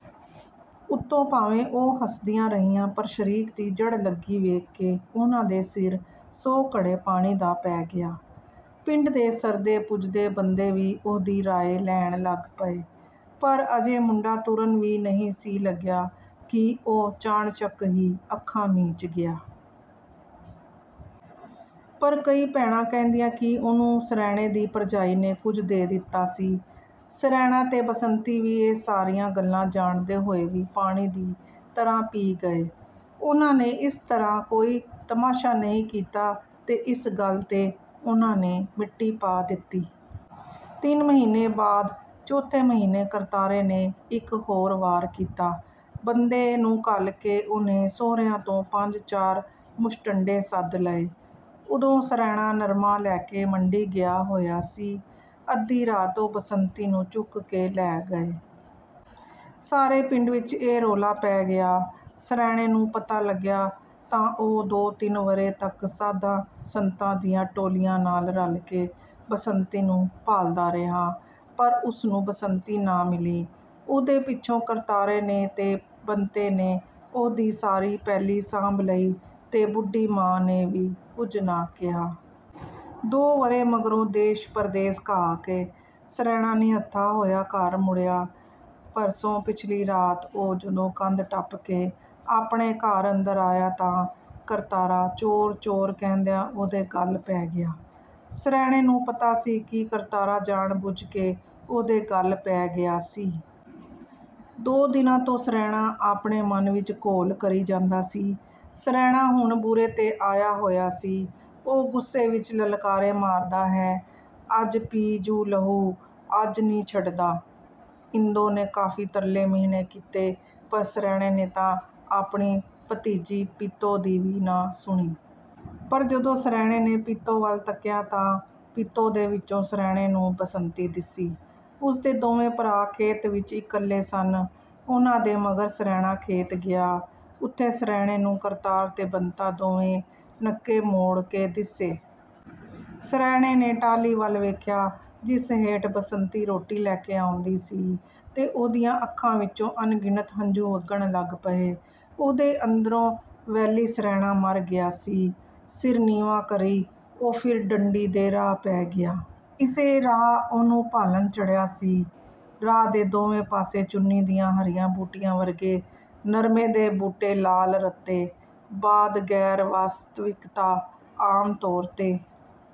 ਉਤੋਂ ਭਾਵੇਂ ਉਹ ਹੱਸਦੀਆਂ ਰਹੀਆਂ, ਪਰ ਸ਼ਰੀਕ ਦੀ ਜੜ੍ਹ ਲੱਗੀ ਵੇਖ ਕੇ ਉਹਨਾਂ ਦੇ ਸਿਰ ਸੌ ਘੜੇ ਪਾਣੀ ਦਾ ਪੈ ਗਿਆ। ਪਿੰਡ ਦੇ ਸਰਦੇ-ਪੁੱਜਦੇ ਬੰਦੇ ਵੀ ਉਹਦੀ ਰਾਏ ਲੈਣ ਲੱਗ ਪਏ। ਪਰ ਅਜੇ ਮੁੰਡਾ ਤੁਰਨ ਵੀ ਨਹੀਂ ਸੀ ਲੱਗਿਆ ਕਿ ਉਹ ਚਾਣਚੱਕ ਹੀ ਅੱਖਾਂ ਮੀਚ ਗਿਆ। ਪਰ ਕਈ ਭੈਣਾਂ ਕਹਿੰਦੀਆਂ ਕਿ ਉਹਨੂੰ ਸਰੈਣੇ ਦੀ ਭਰਜਾਈ ਨੇ ਕੁਝ ਦੇ ਦਿੱਤਾ ਸੀ। ਸਰੈਣਾ ਤੇ ਬਸੰਤੀ ਵੀ ਇਹ ਸਾਰੀਆਂ ਗੱਲਾਂ ਜਾਣਦੇ ਹੋਏ ਵੀ ਪਾਣੀ ਦੀ ਤਰ੍ਹਾਂ ਪੀ ਗਏ। ਉਹਨਾਂ ਨੇ ਇਸ ਤਰ੍ਹਾਂ ਕੋਈ ਤਮਾਸ਼ਾ ਨਹੀਂ ਕੀਤਾ ਤੇ ਇਸ ਗੱਲ ਤੇ ਉਹਨਾਂ ਨੇ ਮਿੱਟੀ ਪਾ ਦਿੱਤੀ। ਤਿੰਨ ਮਹੀਨੇ ਬਾਅਦ, ਚੌਥੇ ਮਹੀਨੇ ਕਰਤਾਰੇ ਨੇ ਇੱਕ ਹੋਰ ਵਾਰ ਕੀਤਾ। ਬੰਤੇ ਨੂੰ ਘੱਲ ਕੇ ਉਹਨੇ ਸਹੁਰਿਆਂ ਤੋਂ ਪੰਜ-ਚਾਰ ਮੁਸ਼ਟੰਡੇ ਸੱਦ ਲਏ। ਉਦੋਂ ਸਰੈਣਾ ਨਰਮਾ ਲੈ ਕੇ ਮੰਡੀ ਗਿਆ ਹੋਇਆ ਸੀ। ਅੱਧੀ ਰਾਤ ਉਹ ਬਸੰਤੀ ਨੂੰ ਚੁੱਕ ਕੇ ਲੈ ਗਏ। ਸਾਰੇ ਪਿੰਡ ਵਿੱਚ ਇਹ ਰੌਲਾ ਪੈ ਗਿਆ। ਸਰੈਣੇ ਨੂੰ ਪਤਾ ਲੱਗਿਆ, ਤਾਂ ਉਹ ਦੋ-ਤਿੰਨ ਵਰ੍ਹੇ ਤੱਕ ਸਾਧਾਂ-ਸੰਤਾਂ ਦੀਆਂ ਟੋਲੀਆਂ ਨਾਲ ਰਲ ਕੇ ਬਸੰਤੀ ਨੂੰ ਭਾਲਦਾ ਰਿਹਾ। ਪਰ ਉਸਨੂੰ ਬਸੰਤੀ ਨਾ ਮਿਲੀ। ਉਹਦੇ ਪਿੱਛੋਂ ਕਰਤਾਰੇ ਨੇ ਤੇ ਬੰਤੇ ਨੇ ਉਹਦੀ ਸਾਰੀ ਪੈਲੀ ਸਾਂਭ ਲਈ ਤੇ ਬੁੱਢੀ ਮਾਂ ਨੇ ਵੀ ਕੁਝ ਨਾ ਕਿਹਾ। ਦੋ ਵਰ੍ਹੇ ਮਗਰੋਂ ਦੇਸ਼-ਪਰਦੇਸ ਘਾਹ ਕੇ ਸਰੈਣਾ ਨਿਹੱਥਾ ਹੋਇਆ ਘਰ ਮੁੜਿਆ। ਭਰਸੋਂ ਪਿਛਲੀ ਰਾਤ ਉਹ ਜਦੋਂ ਕੰਧ ਟੱਪ ਕੇ ਆਪਣੇ ਘਰ ਅੰਦਰ ਆਇਆ ਤਾਂ ਕਰਤਾਰਾ 'ਚੋਰ-ਚੋਰ' ਕਹਿੰਦਿਆਂ ਉਹਦੇ ਗੱਲ ਪੈ ਗਿਆ। ਸਰੈਣੇ ਨੂੰ ਪਤਾ ਸੀ ਕਿ ਕਰਤਾਰਾ ਜਾਣ-ਬੁੱਝ ਕੇ ਉਹਦੇ ਗੱਲ ਪੈ ਗਿਆ ਸੀ। ਦੋ ਦਿਨਾਂ ਤੋਂ ਸਰੈਣਾ ਆਪਣੇ ਮਨ ਵਿੱਚ ਘੋਲ ਕਰੀ ਜਾਂਦਾ ਸੀ। ਸਰੈਣਾ ਹੁਣ ਬੁਰੇ ਤੇ ਆਇਆ ਹੋਇਆ ਸੀ। ਉਹ ਗੁੱਸੇ ਵਿੱਚ ਲਲਕਾਰੇ ਮਾਰਦਾ ਹੈ, 'ਅੱਜ ਪੀ-ਜੂੰ ਲਹੂ, ਅੱਜ ਨ੍ਹੀਂ ਛੱਡਦਾ।' ਇੰਦੋ ਨੇ ਕਾਫ਼ੀ ਤਰਲੇ-ਮਿਹਣੇ ਕੀਤੇ, ਪਰ ਸਰੈਣੇ ਨੇ ਤਾਂ ਆਪਣੀ ਭਤੀਜੀ ਪੀਤੋ ਦੀ ਵੀ ਨਾ ਸੁਣੀ। ਪਰ ਜਦੋਂ ਸਰੈਣੇ ਨੇ ਪੀਤੋ ਵੱਲ ਤੱਕਿਆ ਤਾਂ ਪੀਤੋ ਦੇ ਵਿੱਚੋਂ ਸਰੈਣੇ ਨੂੰ ਬਸੰਤੀ ਦਿਸੀ। ਉਸਦੇ ਦੋਵੇਂ ਭਰਾ ਖੇਤ ਵਿੱਚ ਇਕੱਲੇ ਸਨ। ਉਹਨਾਂ ਦੇ ਮਗਰ ਸਰੈਣਾ ਖੇਤ ਗਿਆ। ਉੱਥੇ ਸਰੈਣੇ ਨੂੰ ਕਰਤਾਰ ਤੇ ਬੰਤਾ ਦੋਵੇਂ ਨੱਕੇ ਮੋੜ ਕੇ ਦਿੱਸੇ। ਸਰੈਣੇ ਨੇ ਟਾਹਲੀ ਵੱਲ ਵੇਖਿਆ, ਜਿਸ ਹੇਠ ਬਸੰਤੀ ਰੋਟੀ ਲੈ ਕੇ ਆਉਂਦੀ ਸੀ। ਤੇ ਉਹਦੀਆਂ ਅੱਖਾਂ ਵਿੱਚੋਂ ਅਣਗਿਣਤ ਹੰਝੂ ਵਗਣ ਲੱਗ ਪਏ। ਉਹਦੇ ਅੰਦਰੋਂ ਵੈਲੀ ਸਰੈਣਾ ਮਰ ਗਿਆ ਸੀ। ਸਿਰ ਨੀਵਾਂ ਕਰੀ ਉਹ ਫਿਰ ਡੰਡੀ ਦੇ ਰਾਹ ਪੈ ਗਿਆ। ਇਸੇ ਰਾਹ ਉਹਨੂੰ ਭਾਲਣ ਚੜ੍ਹਿਆ ਸੀ। ਰਾਹ ਦੇ ਦੋਵੇਂ ਪਾਸੇ ਚੁੰਨੀ ਦੀਆਂ ਹਰੀਆਂ ਬੂਟੀਆਂ ਵਰਗੇ ਨਰਮੇ ਦੇ ਬੂਟੇ ਲਾਲ-ਰੱਤੇ। ਬਾਦ, ਗੈਰ-ਵਾਸਤਵਿਕਤਾ, ਆਮਤੌਰ ਤੇ